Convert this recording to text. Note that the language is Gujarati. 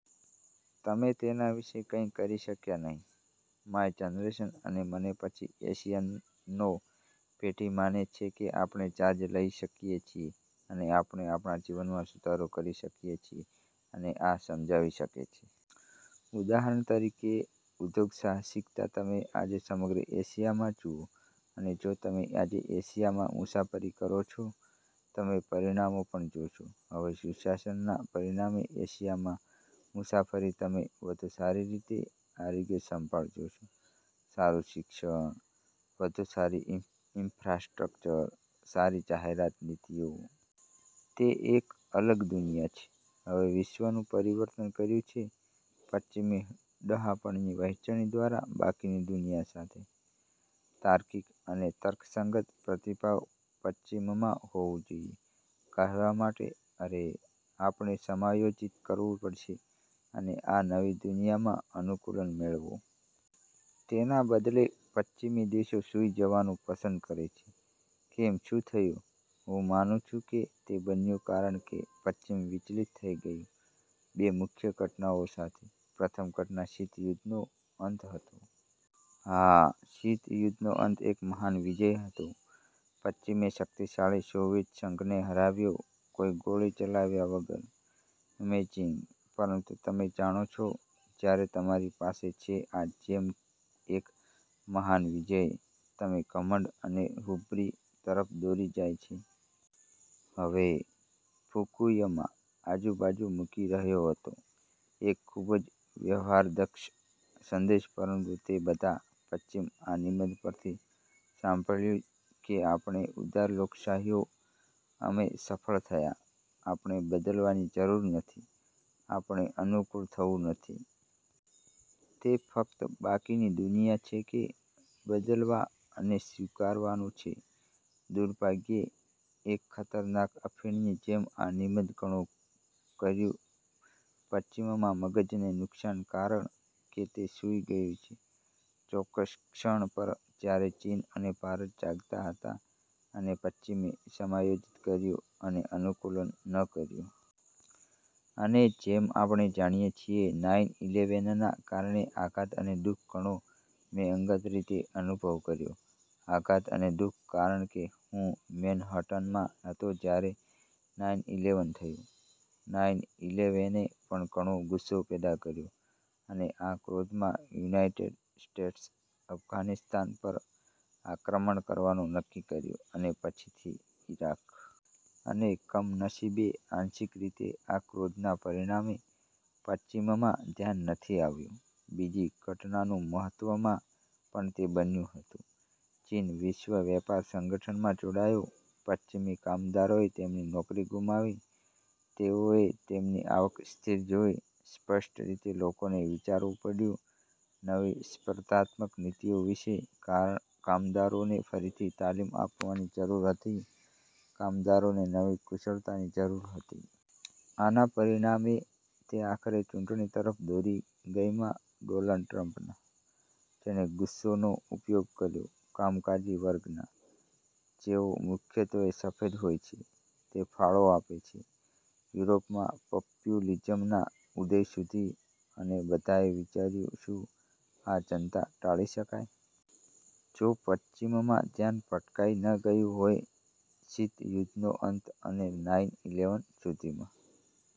તમે તેના વિશે કંઇ કરી શક્યા નહીં. માય જનરેશન અને મને પછી એશિયનો પેઢી માને છે કે આપણે ચાર્જ લઈ શકીએ છીએ અને આપણે આપણા જીવનમાં સુધારો કરી શકીએ છીએ અને આ સમજાવી શકે છે. ઉદાહરણ તરીકે, ઉદ્યોગ સાહસિકતા તમે આજે સમગ્ર એશિયામાં જુઓ અને જો તમે આજે એશિયામાં મુસાફરી કરો છો, તમે પરિણામો પણ જોશો. હવે સુશાસનના પરિણામે એશિયામાં મુસાફરી તમે વધુ સારી રીતે આરોગ્ય સંભાળ જોશો, સારું શિક્ષણ, વધુ સારી ઈન્ફ્રાસ્ટ્રક્ચર, સારી જાહેર નીતિઓ. તે એક અલગ દુનિયા છે. હવે વિશ્વનું પરિવર્તન કર્યું છે પશ્ચિમી ડહાપણની વહેંચણી દ્વારા બાકીની દુનિયા સાથે. તાર્કિક અને તર્કસંગત પ્રતિભાવ પશ્ચિમમાં હોવું જોઈએ કહેવા માટે, "અરે, આપણે સમાયોજિત કરવું પડશે અને આ નવી દુનિયામાં અનુકૂલન મેળવો." તેના બદલે, પશ્ચિમી દેશો સૂઈ જવાનું પસંદ કરે છે. કેમ થયું? હું માનું છું કે તે બન્યું કારણ કે પશ્ચિમ વિચલિત થઈ ગયું બે મુખ્ય ઘટનાઓ સાથે. પ્રથમ ઘટના શીત યુદ્ધનો અંત હતો. હા, શીત યુદ્ધનો અંત એક મહાન વિજય હતો. પશ્ચિમે શકિતશાળી સોવિયત સંઘને હરાવ્યો કોઈ ગોળી ચલાવ્યા વગર. અમેઝિંગ! પરંતુ તમે જાણો છો, જ્યારે તમારી પાસે છે આ જેમ એક મહાન વિજય, તે ઘમંડ અને હુબ્રી તરફ દોરી જાય છે? હવે, ફુકુયમા આજુબાજુ મૂકી રહ્યો હતો એક ખૂબ જ વ્યવહારદક્ષ સંદેશ પરંતુ તે બધાં પશ્ચિમ આ નિબંધ પરથી સાંભળ્યું કે આપણે ઉદાર લોકશાહીઓ અમે સફળ થયા, આપણે બદલવાની જરૂર નથી, આપણે અનુકૂળ થવું નથી. તે ફક્ત બાકીની દુનિયા છે કે બદલવા અને સ્વીકારવાનું છે. દુર્ભાગ્યે, એક ખતરનાક અફીણની જેમ આ નિબંધ ઘણો કર્યું પશ્ચિમમાં મગજને નુકસાન કારણ કે તે સૂઈ ગયું છે ચોક્કસ ક્ષણ પર જ્યારે ચીન અને ભારત જાગતા હતા અને પશ્ચિમે સમાયોજિત કર્યું અને અનુકૂલન ન કર્યું. અને જેમ આપણે જાણીએ છીએ નાઈન ઈલેવેનના કારણે આઘાત અને દુઃખ ઘણો. મેં અંગત રીતે અનુભવ કર્યો આઘાત અને દુઃખ કારણ કે હું મેનહટનમાં હતો જ્યારે નાઈન ઈલેવેન થયું. નાઈન ઈલેવેને પણ ઘણો ગુસ્સો પેદા કર્યો અને આ ક્રોધમાં યુનાઇટેડ સ્ટેટ્સ અફઘાનિસ્તાન પર આક્રમણ કરવાનું નક્કી કર્યું અને પછીથી ઇરાક. અને કમનસીબે આંશિક રીતે આ ક્રોધના પરિણામે, પશ્ચિમમાં ધ્યાન નથી આવ્યું બીજી ઘટનાનું મહત્વમાં પણ તે બન્યું હતું. ચીન વિશ્વ વેપાર સંગઠનમાં જોડાયો. પશ્ચિમી કામદારોએ તેમની નોકરી ગુમાવી. તેઓએ તેમની આવક સ્થિર જોઈ, સ્પષ્ટ રીતે લોકોને વિચારવું પડ્યું નવી સ્પર્ધાત્મક નીતિઓ વિશે, કામદારોને ફરીથી તાલીમ આપવાની જરૂર હતી, કામદારોને નવી કુશળતાની જરૂર હતી. આના પરિણામે, તે આખરે ચૂંટણી તરફ દોરી ગઈમાં ડોનાલ્ડ ટ્રમ્પના, જેણે ગુસ્સોનો ઉપયોગ કર્યો કામકાજી વર્ગના, જેઓ મુખ્યત્વે સફેદ હોય છે. તે ફાળો આપે છે યુરોપમાં પપ્યુલીઝમના ઉદય સુધી. અને બધાએ વિચાર્યું શું આ જનતા ટાળી શકાય? જો પશ્ચિમમાં ધ્યાન ભટકાઈ ન ગયું હોય શીત યુદ્ધનો અંત અને નાઈન ઈલેવેન સુધીમાં?